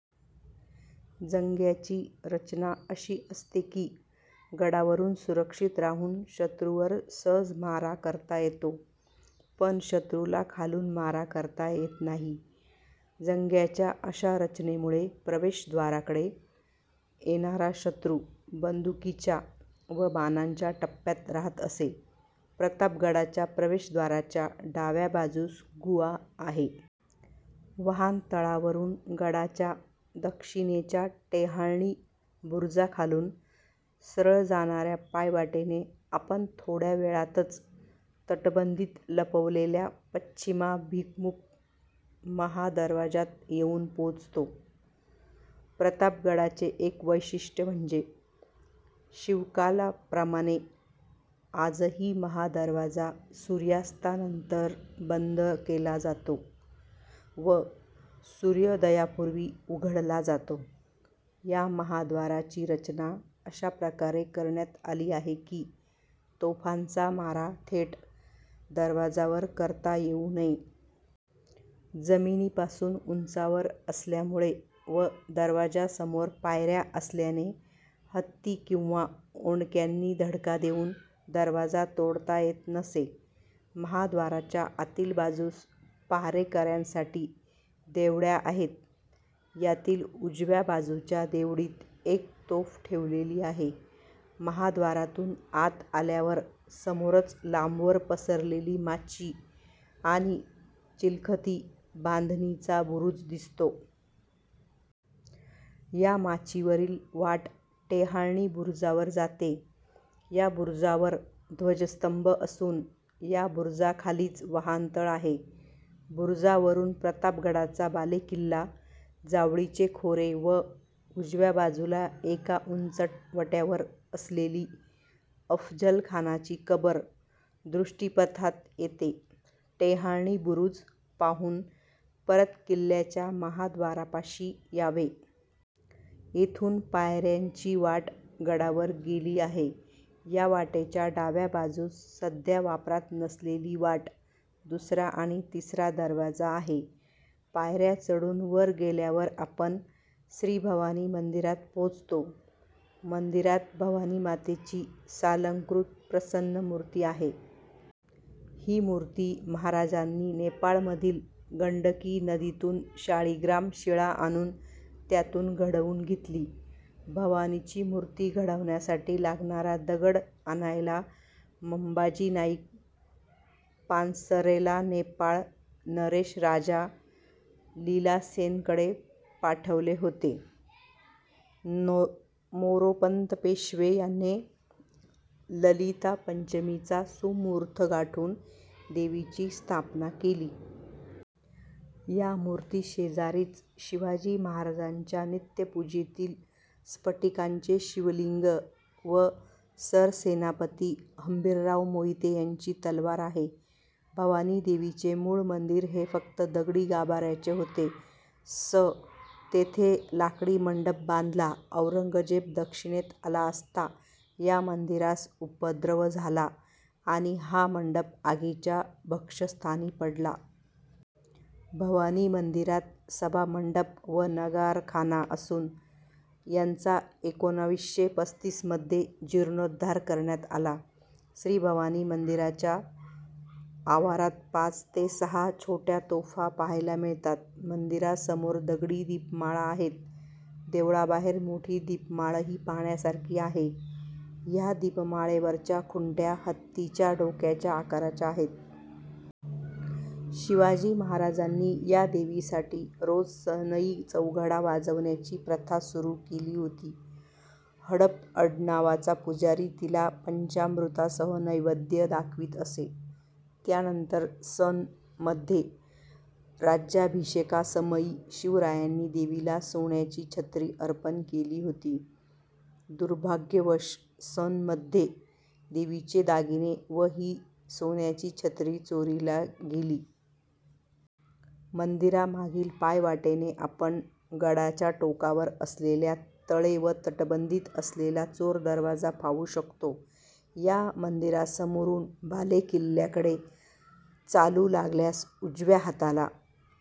जंग्यांची रचना अशी असते की, गडावरून सुरक्षित राहून शत्रूवर सहज मारा करता येतो, पण शत्रूला खालून मारा करता येत नाही. जंग्यांच्या अशा रचनेमुळे प्रवेशद्वाराकडे येणारा शत्रु, बंदुकीच्या व बाणांच्या टप्प्यात रहात असे. प्रतापगडाच्या प्रवेशव्दाराच्या डाव्या बाजूस गुहा आहे. वाहनतळावरून गडाच्या दक्षिणेच्या टेहळणी बुरुजाखालून सरळ जाणाऱ्या पायवाटेने आपण थोड्या वेळातच तटबंदीत लपविलेल्या पश्चिमाभिमुख महादरवाज्यात येऊन पोहोचतो. प्रतापगडाचे एक वैशिष्ट्य म्हणजे शिवकालाप्रमाणे आजही महादरवाजा सूर्यास्तानंतर बंद केला जातो व सूर्योदयापूर्वी उघडला जातो. या महाद्वाराची रचना अशा प्रकारे करण्यात आली आहे की, तोफांचा मारा थेट दरवाजावर करता येऊ नये. जमिनीपासून उंचावर असल्यामुळे व दरवाजासमोर पायऱ्या असल्याने हत्ती किंवा ओंडक्यांनी धडका देवून दरवाजा तोडता येत नसे. महाद्वाराच्या आतील बाजूस पहारेकऱ्यासाठी देवड्या आहेत. यातील उजव्या बाजूच्या देवडीत एक तोफ ठेवलेली आहे. महाद्वारातून आत आल्यावर समोरच लांबवर पसरलेली माची आणि चिलखती बांधणीचा बुरूज दिसतो. या माचीवरील वाट टेहळणी बूरुजावर जाते. या बुरुजावर ध्वजस्तंभ असुन या बुरुजाखालीच वहानतळ आहे. बुरुजावरून प्रतापगडाचा बालेकिल्ला, जावळीचे खोरे व उजव्या बाजूला एका उंचवट्यावर असलेली अफजलखानाची कबर दृष्टीपथात येते. टेहळणी बुरुज पाहून परत किल्ल्याच्या महाद्वारापाशी यावे. येथून पायऱ्याची वाट गडावर गेली आहे. या वाटेच्या डाव्या बाजूस सध्या वापरात नसलेली वाट, दूसरा आणि तिसरा दरवाजा आहे. पायऱ्या चढून वर गेल्यावर आपण श्रीभवानी मंदिरात पोहोचतो. मंदिरात भवानीमातेची सालंकृत प्रसन्न मूर्ती आहे. ही मूर्ती महाराजांनी नेपाळमधील गंडकी नदीतून शाळीग्राम शिळा आणून त्यातून घडवून घेतली. भवानीची मूर्ती घडवण्यासाठी लागणारा दगड आणायला मंबाजी नाईक पानसरेला नेपाळ नरेश राजा लीलासेनकडे पाठवले होते. मोरोपंत पेशवे याने ललिता पंचमीचा सुमुहूर्त गाठून देवीची स्थापना केली. या मूर्तीशेजारीच शिवाजी महाराजांच्या नित्य पूजेतील स्फटिकाचे शिवलिंग व सरसेनापती हंबीरराव मोहिते यांची तलवार आहे. भवानी देवीचे मूळ मंदिर हे फक्त दगडी गाभाऱ्याचे होते. स. तेथे लाकडी मंडप बांधला. औरंगजेब दक्षिणेत आला असता या मंदिरास उपद्रव झाला आणि हा मंडप आगीच्या भक्ष्यस्थानी पडला. भवानीमंदिरात सभामंडप व नगारखाना असुन यांचा एकोणीसशे पस्तीस मध्ये जिर्णोद्धार करण्यात आला. श्रीभवानी मंदिराच्या आवारात पाच ते सहा छोट्या तोफा पाहायला मिळतात. मंदिरासमोर दगडी दिपमाळा आहेत. देवळाबाहेर मोठी दीपमाळही पाहण्यासारखी आहे. ह्या दीपमाळेवरच्या खुंट्या हत्तीच्या डोक्याच्या आकाराच्या आहेत. शिवाजी महाराजांनी या देवीसाठी रोज सनई चौघडा वाजविण्याची प्रथा सुरू केली होती. हडप आडनावाचा पुजारी तिला पंचामृतासह नैवेद्य दाखवीत असे. त्यानंतर सन मध्ये राज्याभिषेकासमयी शिवरायांनी देवीला सोन्याची छत्री अर्पण केली होती. दुर्भाग्यवश सन मध्ये देवीचे दागिने व ही सोन्याची छत्री चोरीला गेली. मंदिरामागील पायवाटेने आपण गडाच्या टोकावर असलेल्या तळे व तटबंदीत असलेला चोर दरवाजा पाहू शकतो. ह्या मंदिरासमोरून बालेकिल्ल्याकडे चालू लागल्यास उजव्या हाताला